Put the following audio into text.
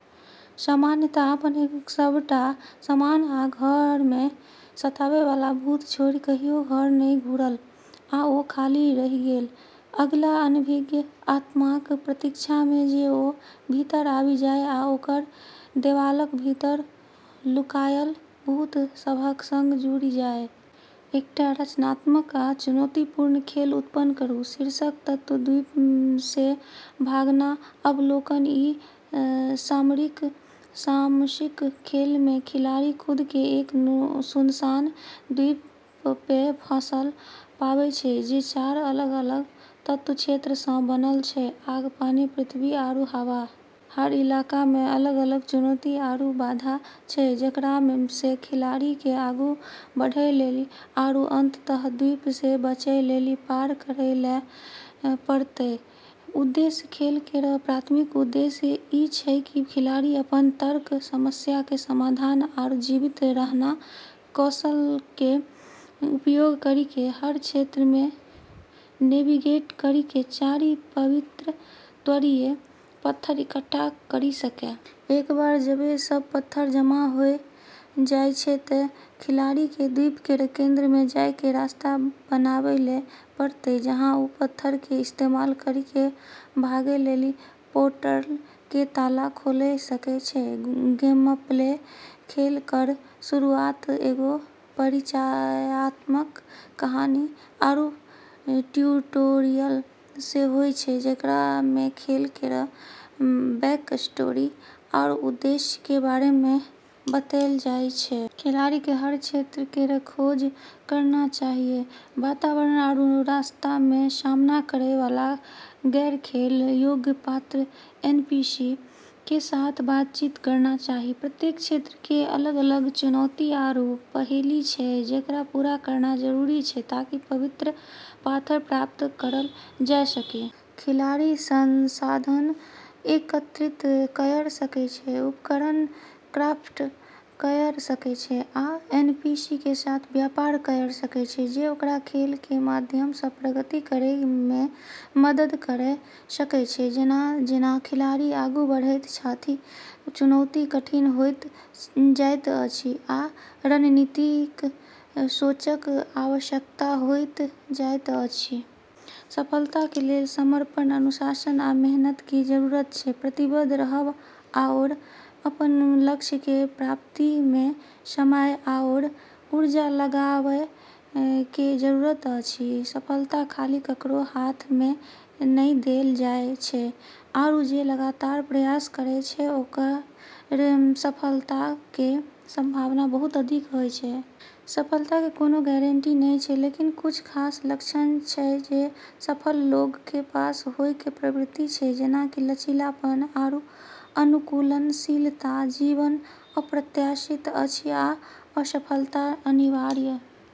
Samantha अपन सभटा सामान आ घर मे सताबय बला भूत छोड़ि कहियो घर नहि घुरल। आ ओ खाली रहि गेल, अगिला अनभिज्ञ आत्माक प्रतीक्षा मे जे ओ भीतर आबि जाय आ ओकर देबालक भीतर लुकायल भूत सभक संग जुड़ि जाय। एकटा रचनात्मक आ चुनौतीपूर्ण खेल उत्पन्न करू। शीर्षक तत्व द्वीप से भागना अवलोकन ई सामरिक साहसिक खेल मे खिलाड़ी खुद के एक सुनसान द्वीप पे फंसलऽ पाबै छै जे चार अलग-अलग तत्व क्षेत्रऽ स॑ बनलऽ छै, आग, पानी, पृथ्वी, आरू हवा। हर इलाका मे अलग-अलग चुनौती आरू बाधा छै जेकरा से खिलाड़ी के आगू बढ़ै लेली आरू अंततः द्वीप से बचै लेली पार करै ले पड़तै। उद्देश्य खेल केरऽ प्राथमिक उद्देश्य ई छै कि खिलाड़ी अपनऽ तर्क, समस्या के समाधान आरू जीवित रहना कौशल के उपयोग करी के हर क्षेत्र मे नेविगेट करी के चारि पवित्र तत्वीय पत्थर इकट्ठा करी सके। एक बार जबे सब पत्थर जमा होय जाय छै ते खिलाड़ी के द्वीप केरऽ केंद्र मे जाय के रास्ता बनाबै ले पड़तै, जहां उ पत्थरऽ के इस्तेमाल करी के भागै लेली पोर्टल के ताला खोले सकै छै, गेमप्ले खेल केरऽ शुरुआत एगो परिचयात्मक कहानी आरू ट्यूटोरियल से होय छै जेकरा मे खेल केरऽ बैकस्टोरी आरू उद्देश्य के बारे मे बतैलऽ जाय छै। खिलाड़ी के हर क्षेत्र केरऽ खोज करना चाहियऽ, वातावरण आरू रास्ता मे सामना करै वाला गैर-खेल योग्य पात्र (एनपीसी) के साथ बातचीत करना चाहि। प्रत्येक क्षेत्र के अलग-अलग चुनौती आरू पहेली छै जेकरा पूरा करना जरूरी छै ताकि पवित्र पाथर प्राप्त करलऽ जाय सके। खिलाड़ी संसाधन एकत्रित कयर सकय छै, उपकरण क्राफ्ट कयर सकय छै आ एनपीसी कें साथ व्यापार कयर सकय छै जे ओकरा खेल कें माध्यम सं प्रगति करय मे मदद करय सकय छै जेना-जेना खिलाड़ी आगू बढ़ैत छथि, चुनौती कठिन होइत जाइत अछि आ रणनीतिक सोचक आवश्यकता होइत जाइत अछि। सफलता के लेल समर्पण, अनुशासन आ मेहनत के जरूरत छै। प्रतिबद्ध रहब आओर अपन लक्ष्य के प्राप्ति मे समय आओर ऊर्जा लगाबय के जरूरत अछि, सफलता खाली ककरो हाथ में नै देलऽ जाय छै आरू जे लगातार प्रयास करै छै ओकरऽ सफलता के संभावना बहुत अधिक होय छै। सफलता के कोनो गारंटी नै छै लेकिन कुछ खास लक्षण छै जे सफल लोगऽ के पास होय के प्रवृत्ति छै जेना कि लचीलापन आरू अनुकूलनशीलता, जीवन अप्रत्याशित अछि आ असफलता अनिवार्य।